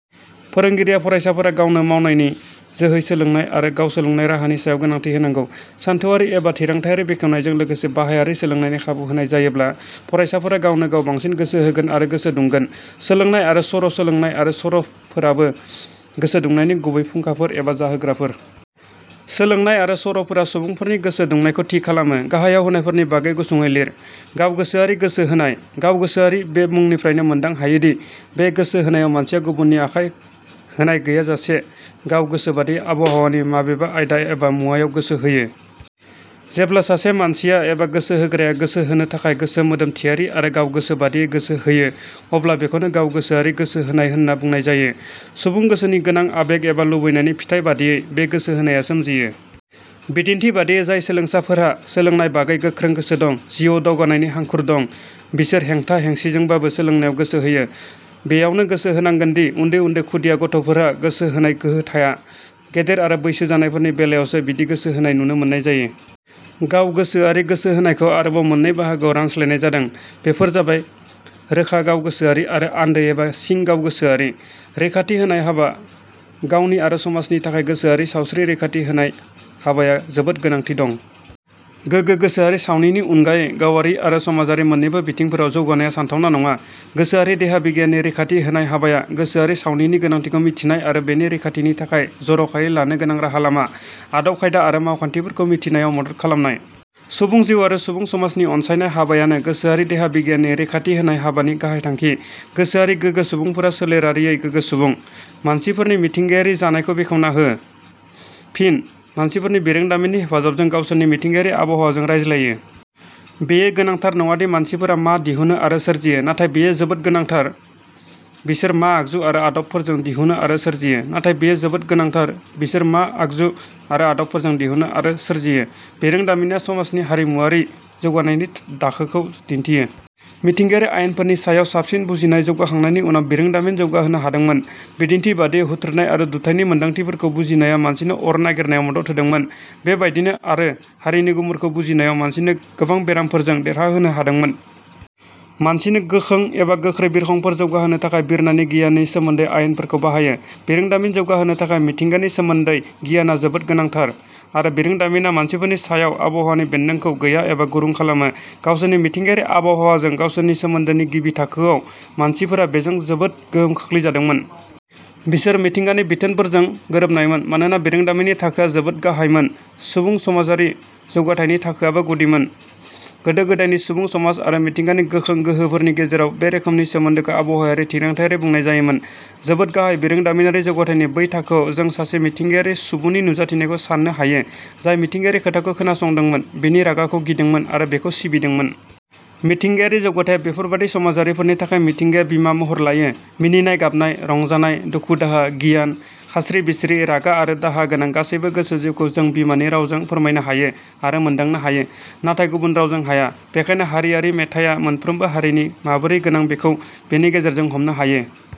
फोरोंगिरिया फरायसाफोरा गावनो मावनायनि जोहै सोलोंनाय आरो गाव सोलोंनाय राहानि सायाव गोनांथि होनांगौ। सानथौवारि एबा थिरांथाइयारि बेखेवनायजों लोगोसे बाहायारि सोलोंनायनि खाबु होनाय जायोब्ला फरायसाफोरा गावनो गाव बांसिन गोसो होगोन आरो गोसो दुंगोन। सोलोंनाय आरो सर': सोलोंनाय आरो सर 'फोराबो गोसो दुंनायनि गुबै फुंखाफोर एबा जाहोग्राफोर। सोलोंनाय आरो सर 'फोरा सुबुंफोरनि गोसो दुंनायखौ थि खालामो। गाहायाव होनायफोरनि बागै गुसुंङै लिर।: गावगोसोआरि गोसो होनाय: गाव गोसोआरि बे मुंनिफ्रायनो मोनदां हायो दि बे गोसो होनायाव मानसिया गुबुननि आखाय होनाय गैयाजासे गाव गोसो बादियै आबहावानि माबेबा आयदा एबा मुवायाव गोसो होयो। जेब्ला सासे मानसिया एबा गोसो होग्राया गोसो होनो थाखाय गोसो मोदोम थियारि आरो गाव गोसो बादियै गोसो होयो अब्ला बेखौनो गाव गोसोआरि गोसो होनाय होनना बुंनाय जायो। सुबुं गोसोनि गोनां आबेग एबा लुबैनायनि फिथाइ बादियै बे गोसो होनाया सोमजियो। बिदिन्थि बादियै, जाय सोलोंसाफोरहा, सोलोंनाय बागै गोख्रों गोसो दं, जिउआव दावगानायनि हांखुर दं, बिसोर हेंथा हेंसिजोंबाबो सोलोंनायाव गोसो होयो। बेयावनो गोसो होनांगोन दि उन्दै उन्दै खुदिया गथ'फोरहा गोसो होनाय गोहो थाया। गेदेर आरो बैसो जानायफोरनि बेलायावसो बिदि गोसो होनाय नुनो मोननाय जायो। गावगोसोआरि गोसो होनायखौ आरोबाव मोननै बाहागोआव रानस्लायनाय जादों, बेफोर जाबाय- रोखा गावगोसोआरि आरो आन्दो एबा सिं गावगोसोआरि। रैखाथि होनाय हाबा: गावनि आरो समाजनि थाखाय गोसोआरि सावस्रि रैखाथि होनाय हाबाया जोबोद गोनांथि दं। गोगो गोसोआरि सावनिनि उनगायै गावारि आरो समाजारि मोननैबो बिथिंफोराव जौगानाया सानथावना नङा। गोसोआरि देहा बिगियाननि रैखाथि होनाय हाबाया गोसोआरि सावनिनि गोनांथिखौ मिथिनाय आरो बेनि रैखाथिनि थाखाय जर 'खायै लानो गोनां राहा-लामा, आदब-खायदा आरो मावखान्थिफोरखौ मिथिनायाव मदद खालामनाय। सुबुं जिउ आरो सुबुं समाजनि अनसायनाय हाबायानो गोसोआरि देहा बिगियाननि रैखाथि होनाय हाबानि गाहाइ थांखि। गोसोआरि गोगो सुबुंफोरा सोलेरारियै गोगो सुबुं। मानसिफोरनि मिथिंगायारि जानायखौ बेखेवना हो। फिन: मानसिफोरनि बिरोंदामिननि हेफाजाबजों गावसोरनि मिथिंगायारि आबहावाजों रायज्लायो। बेयो गोनांथार नङादि मानसिफोरा मा दिहुनो आरो सोरजियो। नाथाय बेयो जोबोद गोनांथार- "बिसोर मा आगजु आरो आदबफोरजों दिहुनो आरो सोरजियो। नाथाय बेयो जोबोद गोनांथार 'बिसोर मा आगजु आरो आदबफोरजों दिहुनो आरो सोरजियो? " बिरोंदामिना समाजनि हारिमुवारि जौगानायनि दाखोखौ दिन्थियो। मिथिंगायारि आयेनफोरनि सायाव साबसिन बुजिनाय जौगाखांनायनि उनाव बिरोंदामिन जौगाहोनो हादोंमोन। बिदिन्थि बादियै, हुथ्रोदनाय आरो दुथाइनि मोन्दांथिफोरखौ बुजिनाया मानसिनो अर नागिरनायाव मदद होदोंमोन। बे बायदिनो आरो हारिनि गुमुरखौ बुजिनायाव मानसिनो गोबां बेरामफोरजों देरहाहोनो हादोंमोन। मानसिनो गोखों एबा गोख्रै बिरखंफोर जौगाहोनो थाखाय बिरनायनि गियाननि सोमोन्दै आयेनफोरखौ बाहायो। बिरोंदामिन जौगाहोनो थाखाय मिथिंगानि सोमोन्दै गियानआ जोबोद गोनांथार आरो बिरोंदामिनआ मानसिफोरनि सायाव आबहावानि बेन्दोंखौ गैया एबा गुरुं खालामो। गावसोरनि मिथिंगायारि आबहावाजों गावसोरनि सोमोन्दोनि गिबि थाखोआव मानसिफोरा बेजों जोबोद गोहोम खोख्लैजादोंमोन। बिसोर मिथिंगानि बिथोनफोरजों गोरोबनायमोन। मानोना बिरोंदामिननि थाखोआ जोबोद गाहायमोन। सुबुं समाजारि जौगाथाइनि थाखोआबो गुदिमोन। गोदो- गोदायनि सुबुं समाज आरो मिथिंगानि गोखों गोहोफोरनि गेजेराव बे रोखोमनि सोमोन्दोखौ आबहावायारि थिरांथायारि बुंनाय जायोमोन। जोबोद गाहाय बिरोंदामिनारि जौगाथाइनि बै थाखोआव जों सासे मिथिंगायारि सुबुनि नुजाथिनायखौ साननो हायो, जाय मिथिंगानि खोथाखौ खोनासंदोंमोन, बिनि रागाखौ गिदोंमोन आरो बेखौ सिबिदोंमोन। मिथिंगायारि जौगाथाइया बेफोरबादि समाजारिफोरनि थाखाय मिथिंगाया बिमा महर लायो। मिनिनाय-गाबनाय, रंजानाय, दुखु दाहा, गियान, खास्रि बिस्रि, रागा आरो दाहा गोनां गासैबो गोसो जिउखौ जों बिमानि रावजों फोरमायनो हायो आरो मोन्दांनो हायो। नाथाय गुबुन रावजों हाया। बेखायनो हारियारि मेथाइया मोनफ्रोमबो हारिनि माबोरै गोनां बेखौ बेनि गेजेरजों हमनो हायो।